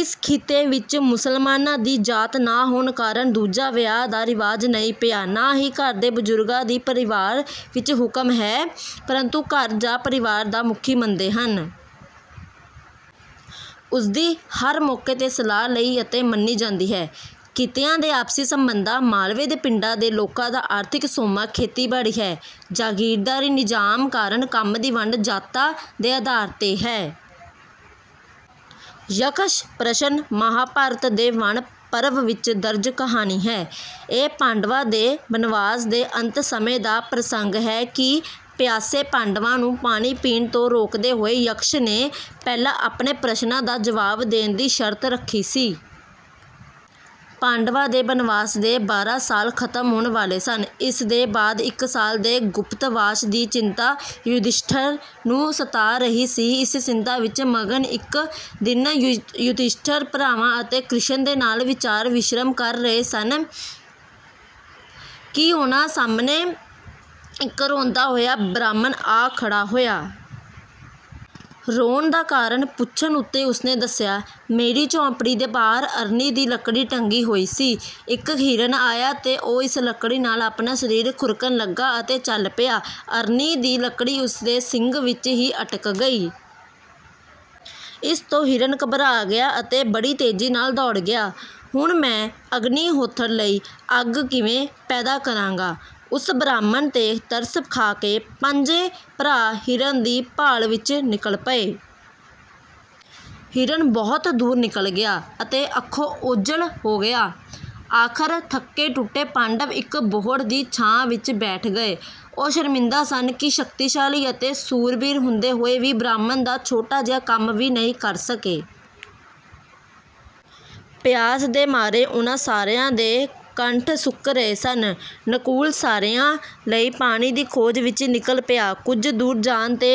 ਇਸ ਖਿੱਤੇ ਵਿੱਚ ਮੁਸਲਮਾਨਾਂ ਦੀ ਜਾਤ ਨਾ ਹੋਣ ਕਾਰਨ ਦੂਜਾ ਵਿਆਹ ਦਾ ਰਿਵਾਜ਼ ਨਹੀਂ ਪਿਆ। ਨਾ ਹੀ ਘਰ ਦੇ ਬਜ਼ੁਰਗਾਂ ਦੀ ਪਰਿਵਾਰ ਵਿੱਚ ਹੁਕਮ ਹੈ ਪਰੰਤੂ ਘਰ ਜਾਂ ਪਰਿਵਾਰ ਦਾ ਮੁਖੀ ਮੰਨਦੇ ਹਨ। ਉਸਦੀ ਹਰ ਮੌਕੇ ਤੇ ਸਲਾਹ ਲਈ ਅਤੇ ਮੰਨੀ ਜਾਂਦੀ ਹੈ। ਕਿੱਤਿਆਂ ਦੇ ਆਪਸੀ ਸਬੰਧਾਂ, ਮਾਲਵੇ ਦੇ ਪਿੰਡਾਂ ਦੇ ਲੋਕਾਂ ਦਾ ਆਰਥਿਕ ਸੋਮਾ ਖੇਤੀਬਾੜੀ ਹੈ। ਜਾਗੀਰਦਾਰੀ ਨਿਜ਼ਾਮ ਕਾਰਨ ਕੰਮ ਦੀ ਵੰਡ ਜਾਤਾਂ ਦੇ ਆਧਾਰ ਤੇ ਹੈ। ਯਕਸ਼ ਪ੍ਰਸ਼ਨ ਮਹਾਭਾਰਤ ਦੇ ਵਣ ਪਰਵ ਵਿੱਚ ਦਰਜ ਕਹਾਣੀ ਹੈ। ਇਹ ਪਾਂਡਵਾਂ ਦੇ ਬਨਵਾਸ ਦੇ ਅੰਤ ਸਮੇਂ ਦਾ ਪ੍ਰਸੰਗ ਹੈ ਕਿ ਪਿਆਸੇ ਪਾਂਡਵਾਂ ਨੂੰ ਪਾਣੀ ਪੀਣ ਤੋਂ ਰੋਕਦੇ ਹੋਏ ਯਕਸ਼ ਨੇ ਪਹਿਲਾਂ ਆਪਣੇ ਪ੍ਰਸ਼ਨਾਂ ਦਾ ਜਵਾਬ ਦੇਣ ਦੀ ਸ਼ਰਤ ਰੱਖੀ ਸੀ। ਪਾਂਡਵਾਂ ਦੇ ਬਨਵਾਸ ਦੇ ਬਾਰਾਂ ਸਾਲ ਖ਼ਤਮ ਹੋਣ ਵਾਲੇ ਸਨ। ਇਸ ਦੇ ਬਾਅਦ ਇੱਕ ਸਾਲ ਦੇ ਗੁਪਤਵਾਸ ਦੀ ਚਿੰਤਾ ਯੁਧਿਸ਼ਠਰ ਨੂੰ ਸਤਾ ਰਹੀ ਸੀ। ਇਸ ਚਿੰਤਾ ਵਿੱਚ ਮਗਨ ਇੱਕ ਦਿਨ ਯੁਧਿਸ਼ਠਰ ਭਰਾਵਾਂ ਅਤੇ ਕ੍ਰਿਸ਼ਣ ਦੇ ਨਾਲ ਵਿਚਾਰ ਵਿਮਰਸ਼ ਕਰ ਰਹੇ ਸਨ ਕਿ ਉਨ੍ਹਾਂ ਦੇ ਸਾਹਮਣੇ ਇੱਕ ਰੋਂਦਾ ਹੋਇਆ ਬ੍ਰਾਹਮਣ ਆ ਖੜਾ ਹੋਇਆ। ਰੋਣ ਦਾ ਕਾਰਨ ਪੁੱਛਣ ਉੱਤੇ ਉਸਨੇ ਦੱਸਿਆ, "ਮੇਰੀ ਝੋਪੜੀ ਦੇ ਬਾਹਰ ਅਰਣੀ ਦੀ ਲੱਕੜੀ ਟੰਗੀ ਹੋਈ ਸੀ। ਇੱਕ ਹਿਰਣ ਆਇਆ ਅਤੇ ਉਹ ਇਸ ਲੱਕੜੀ ਨਾਲ ਆਪਣਾ ਸਰੀਰ ਖੁਰਕਣ ਲਗਾ ਅਤੇ ਚੱਲ ਪਿਆ। ਅਰਣੀ ਦੀ ਲੱਕੜੀ ਉਸ ਦੇ ਸਿੰਗ ਵਿੱਚ ਹੀ ਅਟਕ ਗਈ। ਇਸ ਤੋਂ ਹਿਰਣ ਘਬਰਾ ਗਿਆ ਅਤੇ ਬੜੀ ਤੇਜੀ ਨਾਲ ਦੌੜ ਗਿਆ। ਹੁਣ ਮੈਂ ਅਗਨੀ ਹੋਤਰ ਲਈ ਅੱਗ ਕਿਵੇਂ ਪੈਦਾ ਕਰਾਂਗਾ?" ਉਸ ਬ੍ਰਾਹਮਣ ਤੇ ਤਰਸ ਖਾਕੇ ਪੰਜੇ ਭਰਾ ਹਿਰਣ ਦੀ ਭਾਲ ਵਿੱਚ ਨਿਕਲ ਪਏ। ਹਿਰਣ ਬਹੁਤ ਦੂਰ ਨਿਕਲ ਗਿਆ ਅਤੇ ਅੱਖੋਂ ਓਝਲ ਹੋ ਗਿਆ। ਆਖਰ ਥੱਕੇ ਟੁੱਟੇ ਪਾਂਡਵ ਇੱਕ ਬੋਹੜ ਦੀ ਛਾਂ ਵਿੱਚ ਬੈਠ ਗਏ। ਉਹ ਸ਼ਰਮਿੰਦਾ ਸਨ ਕਿ ਸ਼ਕਤੀਸ਼ਾਲੀ ਅਤੇ ਸੂਰਬੀਰ ਹੁੰਦੇ ਹੋਏ ਵੀ ਬ੍ਰਾਹਮਣ ਦਾ ਛੋਟਾ ਜਿਹਾ ਕੰਮ ਵੀ ਨਹੀਂ ਕਰ ਸਕੇ। ਪਿਆਸ ਦੇ ਮਾਰੇ ਉਨ੍ਹਾਂ ਸਾਰਿਆਂ ਦੇ ਕੰਠ ਸੁੱਕ ਰਹੇ ਸਨ। ਨਕੁਲ ਸਾਰਿਆਂ ਲਈ ਪਾਣੀ ਦੀ ਖੋਜ ਵਿੱਚ ਨਿਕਲ ਪਿਆ। ਕੁੱਝ ਦੂਰ ਜਾਣ ਤੇ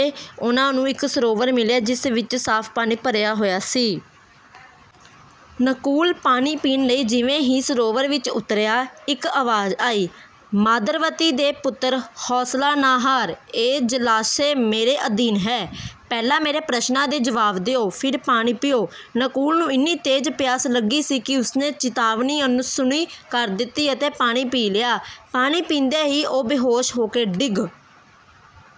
ਉਨ੍ਹਾਂ ਨੂੰ ਇੱਕ ਸਰੋਵਰ ਮਿਲਿਆ ਜਿਸ ਵਿੱਚ ਸਾਫ਼ ਪਾਣੀ ਭਰਿਆ ਹੋਇਆ ਸੀ। ਨਕੁਲ ਪਾਣੀ ਪੀਣ ਲਈ ਜਿਵੇਂ ਹੀ ਸਰੋਵਰ ਵਿੱਚ ਉਤਰਿਆ, ਇੱਕ ਆਵਾਜ਼ ਆਈ, "ਮਾਦਰਵਤੀ ਦੇ ਪੁੱਤਰ, ਹੌਸਲਾ ਨਾ ਹਾਰ, ਇਹ ਜਲਾਸ਼ਏ ਮੇਰੇ ਆਧੀਨ ਹੈ। ਪਹਿਲਾਂ ਮੇਰੇ ਪ੍ਰਸ਼ਨਾਂ ਦੇ ਜਵਾਬ ਦਿਓ, ਫਿਰ ਪਾਣੀ ਪੀਓ।" ਨਕੁਲ ਨੂੰ ਇੰਨੀ ਤੇਜ ਪਿਆਸ ਲੱਗੀ ਸੀ ਕਿ ਉਸ ਨੇ ਚਿਤਾਵਨੀ ਅਣਸੁਣੀ ਕਰ ਦਿੱਤੀ ਅਤੇ ਪਾਣੀ ਪੀ ਲਿਆ। ਪਾਣੀ ਪੀਂਦੇ ਹੀ ਉਹ ਬੇਹੋਸ਼ ਹੋਕੇ ਡਿੱਗ